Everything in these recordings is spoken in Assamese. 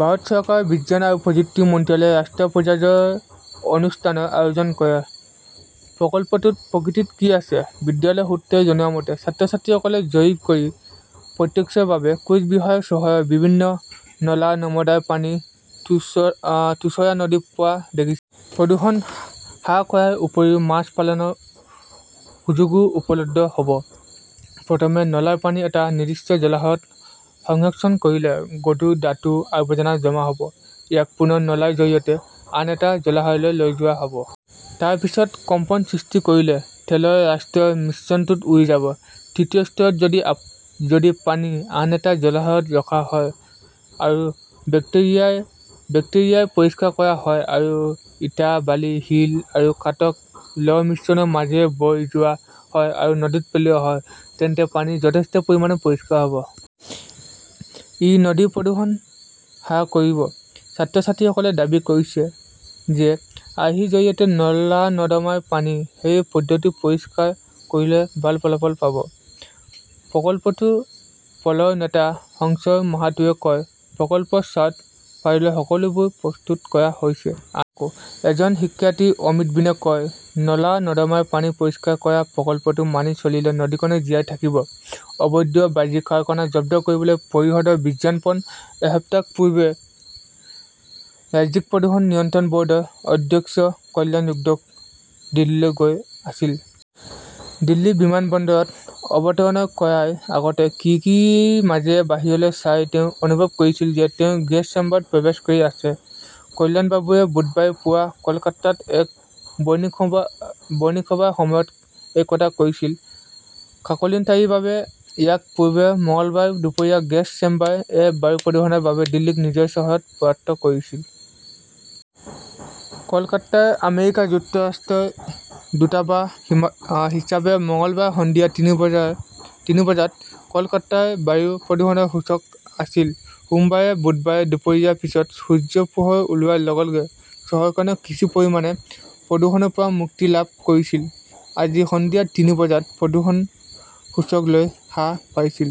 ভাৰত চৰকাৰৰ বিজ্ঞান আৰু প্ৰযুক্তি মন্ত্ৰালয়ে ৰাষ্ট্ৰীয় পৰ্যায়ৰ অনুষ্ঠানৰ আয়োজন কৰে। প্ৰকল্পটোত প্ৰকৃততে কি আছে? বিদ্যালয়ৰ সূত্ৰই জনোৱা মতে, ছাত্ৰ-ছাত্ৰীসকলে জৰীপ কৰি প্ৰত্যক্ষভাৱে কোচ বিহাৰ চহৰৰ বিভিন্ন নলা-নৰ্দমাৰ পানী তোৰছা নদীত পৰা দেখিছিল। প্ৰদূষণ হ্ৰাস কৰাৰ উপৰিও মাছ পালনৰ সুযোগও উপলব্ধ হ ব। প্ৰথমে নলাৰ পানী এটা নিৰ্দিষ্ট জলাশয়ত সংৰক্ষণ কৰিলে গধুৰ ধাতু, আৱৰ্জনা জমা হব। ইয়াক পুনৰ নলাৰ জৰিয়তে আন এটা জলাশয়লৈ লৈ যোৱা হব। তাৰ পিছত কম্পন সৃষ্টি কৰিলে তেলৰ ৰাষ্ট্ৰীয় মিশ্ৰণটো উৰি যাব। তৃতীয় স্তৰত যদি পানী আন এটা জলাশয়ত ৰখা হয় আৰু বেক্টেৰিয়াৰে পৰিষ্কাৰ কৰা হয় আৰু ইটা, বালি, শিল আৰু কাঠক 'লৰ মিশ্ৰণৰ মাজেৰে বৈ যোৱা হয় আৰু নদীত পেলোৱা হয়, তেন্তে পানী যথেষ্ট পৰিমাণে পৰিষ্কাৰ হ' ব। ই নদীৰ প্ৰদূষণ হ্ৰাস কৰিব। ছাত্ৰ-ছাত্ৰীসকলে দাবী কৰিছে যে আৰ্হিৰ জৰিয়তে নলা-নৰ্দমাৰ পানী সেই পদ্ধতিৰে পৰিষ্কাৰ কৰিলে ভাল ফলাফল পাব। প্ৰকল্পটোৰ দলৰ নেতা সঞ্জয় মাহাতোৱে কয়, প্ৰকল্প চাৰ্ট, ফাইল সকলোবোৰ প্ৰস্তুত কৰা হৈছে। আন এজন শিক্ষাৰ্থী অমিত বিনে কয়, নলা-নৰ্দমাৰ পানী পৰিষ্কাৰ কৰা প্ৰকল্পটো মানি চলিলে নদীখনেও জীয়াই থাকিব। অবৈধ বাজি কাৰখানা জব্দ কৰিবলৈ পৰিষদৰ বিজ্ঞাপন এসপ্তাহ পূৰ্বে ৰাজ্যিক প্ৰদূষণ নিয়ন্ত্ৰণ বৰ্ডৰ অধ্যক্ষ কল্যাণ ৰুদ্ৰ দিল্লীলৈ গৈ আছিল। দিল্লী বিমানবন্দৰত অৱতৰণ কৰাৰ আগতে খিৰিকীৰ মাজেৰে বাহিৰলৈ চাই তেওঁ অনুভৱ কৰিছিল যে তেওঁ গেছ চেম্বাৰত প্ৰৱেশ কৰি আছে। কল্যাণবাবুৱে বুধবাৰে পুৱা কলকাতাত এক বণিক সভাৰ সময়ত এই কথা কৈছিল। কাকতালীয়ভাৱে, ইয়াৰ পূৰ্বে মঙলবাৰে দুপৰীয়া 'গেছ চেম্বাৰ -এ বায়ু প্ৰদূষণৰ বাবে দিল্লীক নিজৰ চহৰত পৰাস্ত কৰিছিল! কলকাতাৰ আমেৰিকা যুক্তৰাষ্ট্ৰৰ দূতাবাস হিচাপে মঙলবাৰে সন্ধিয়া তিনি বজাত কলকাতাৰ বায়ু প্ৰদূষণৰ সূচক আছিল। সোমবাৰে, বুধবাৰে দুপৰীয়াৰ পিছত সূৰ্যৰ পোহৰ ওলোৱাৰ লগে-লগে চহৰখনে কিছু পৰিমাণে প্ৰদূষণৰ পৰা মুক্তি লাভ কৰিছিল। আজি সন্ধিয়া তিনি বজাত প্ৰদূষণ সূচক লৈ হ্ৰাস পাইছিল।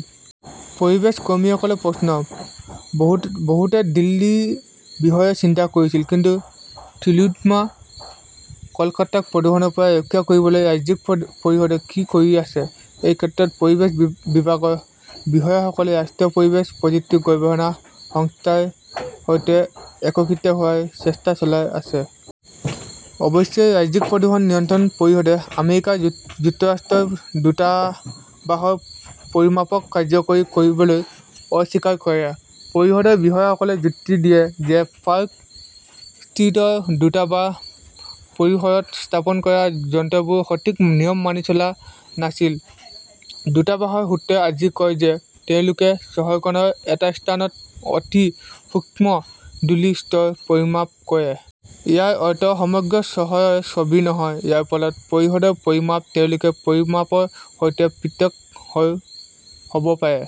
পৰিৱেশ কৰ্মীসকলৰ প্ৰশ্ন, বহুতে দিল্লীৰ বিষয়ে চিন্তা কৰিছে। কিন্তু টিলোত্তমা কলকাতাক প্ৰদূষণৰ পৰা ৰক্ষা কৰিবলৈ ৰাজ্যিক পৰিষদে কি কৰি আছে? এই ক্ষেত্ৰত পৰিৱেশ বিভাগৰ বিষয়াসকলে ৰাষ্ট্ৰীয় পৰিৱেশ প্ৰযুক্তি গৱেষণা সংস্থা ৰ সৈতে একত্ৰিত হোৱাৰ চেষ্টা চলাই আছে। অৱশ্যে, ৰাজ্যিক প্ৰদূষণ নিয়ন্ত্ৰণ পৰিষদে আমেৰিকা যুক্তৰাষ্ট্ৰৰ দূতাবাসৰ পৰিমাপক কাৰ্যকৰী কৰিবলৈ অস্বীকাৰ কৰে। পৰিষদৰ বিষয়াসকলে যুক্তি দিয়ে যে পাৰ্ক ষ্ট্ৰীটৰ দূতাবাস পৰিসৰত স্থাপন কৰা যন্ত্ৰবোৰে সঠিক নিয়ম মানি চলা নাছিল। দূতাবাসৰ সূত্ৰই আজি কয় যে তেওঁলোকে চহৰখনৰ এটা স্থানত অতি সূক্ষ্ম ধূলিৰ স্তৰ পৰিমাপ কৰে। ইয়াৰ অৰ্থ সমগ্ৰ চহৰৰ ছবি নহয়। ইয়াৰ ফলত পৰিষদৰ পৰিমাপ তেওঁলোকৰ পৰিমাপৰ সৈতে পৃথক হ 'ব পাৰে।